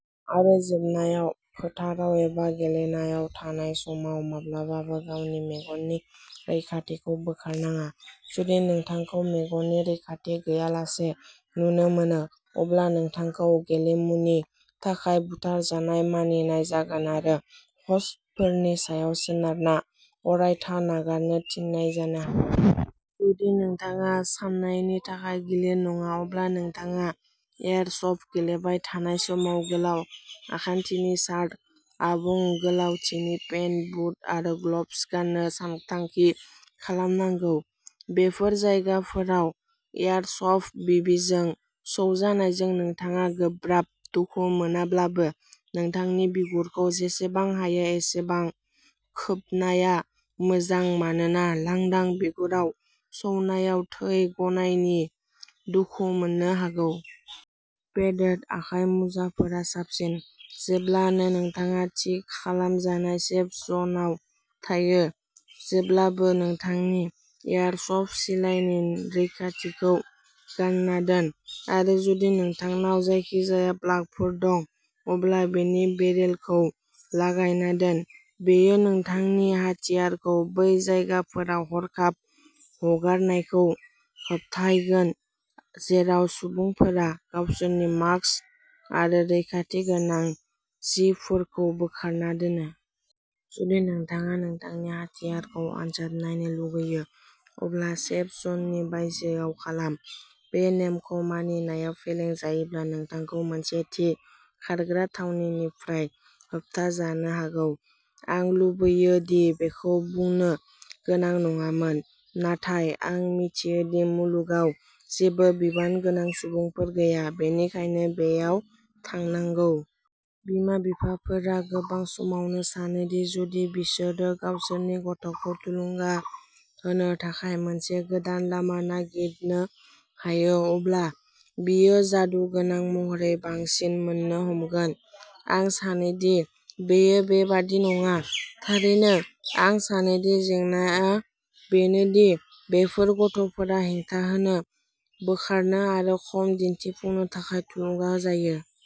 आरो जोबनायाव, फोथाराव एबा गेलेनायाव थानाय समाव माब्लाबाबो गावनि मेगननि रैखाथिखौ बोखारनाङा। जुदि नोंथांखौ मेगननि रैखाथि गैयालासे नुनो मोनो, अब्ला नोंथांखौ गेलेमुनि थाखाय "बुथारजानाय" मानिनाय जागोन आरो, ह'स्टफोरनि सायाव सोनारना, अरायथा नागारनो थिननाय जानो हागौ! जुदि नोंथाङा सानायनि थाखाय गिलिर नङा, अब्ला नोंथाङा एयारसफ्ट गेलेबाय थानाय समाव गोलाव आखान्थिनि शार्ट, आबुं गोलावथिनि पेन्ट, बुट आरो ग्ल'भ्स गान्नो सानथांखि खालामनांगौ। बेफोर जायगाफोराव एयारसफ्ट बिबिजों सौजानायजों नोंथाङा गोब्राब दुखु मोनाब्लाबो, नोंथांनि बिगुरखौ जेसेबां हायो एसेबां खोबनाया मोजां मानोना लांदां बिगुराव सौनायाव थै गनायनि दुखु मोननो हागौ। पेडेड आखाइ मुजाफोरा साबसिन। जेब्लानो नोंथाङा थि खालामजानाय सेफ जनआव थायो, जेब्लाबो नोंथांनि एयारसफ्ट सिलाइनि रैखाथिखौ गानना दोन आरो जुदि नोंथांनाव जायखिजाया प्लागफोर दं, अब्ला बेनि बेरेलखौ लागायना दोन। बेयो नोंथांनि हाथियारखौ बै जायगाफोराव हरखाब हगारनायखौ होबथायगोन जेराव सुबुंफोरा गावसोरनि मास्क आरो रैखाथि गोनां जिफोरखौ बोखारना दोनो। जुदि नोंथाङा नोंथांनि हाथियारखौ आनजाद नायनो लुगैयो, अब्ला सेफ जननि बायजोआव खालाम। बे नेमखौ मानिनायाव फेलें जायोब्ला नोंथांखौ मोनसे थि खारग्रा थावनिनिफ्राय होबथाजानो हागौ। आं लुबैयो दि बेखौ बुंनो गोनां नङामोन, नाथाय आं मिथियो दि मुलुगाव जेबो बिबानगोनां सुबुंफोर गैया, बेनिखायनो बेयाव थांनांगौ। बिमा-बिफाफोरा गोबां समावनो सानो दि जुदि बिसोरो गावसोरनि गथ'खौ थुलुंगा होनो थाखाय मोनसे गोदान लामा नागिरनो हायो, अब्ला बियो जादुगोनां महरै बांसिन मोन्नो हमगोन। आं सानो दि बेयो बेबादि नङा। थारैनो, आं सानो दि जेंनाआ बेनो दि बेफोर गथ'फोरा हेंथा होनो, बोखारनो आरो खम दिन्थिफुंनो थाखाय थुलुंगा होजायो।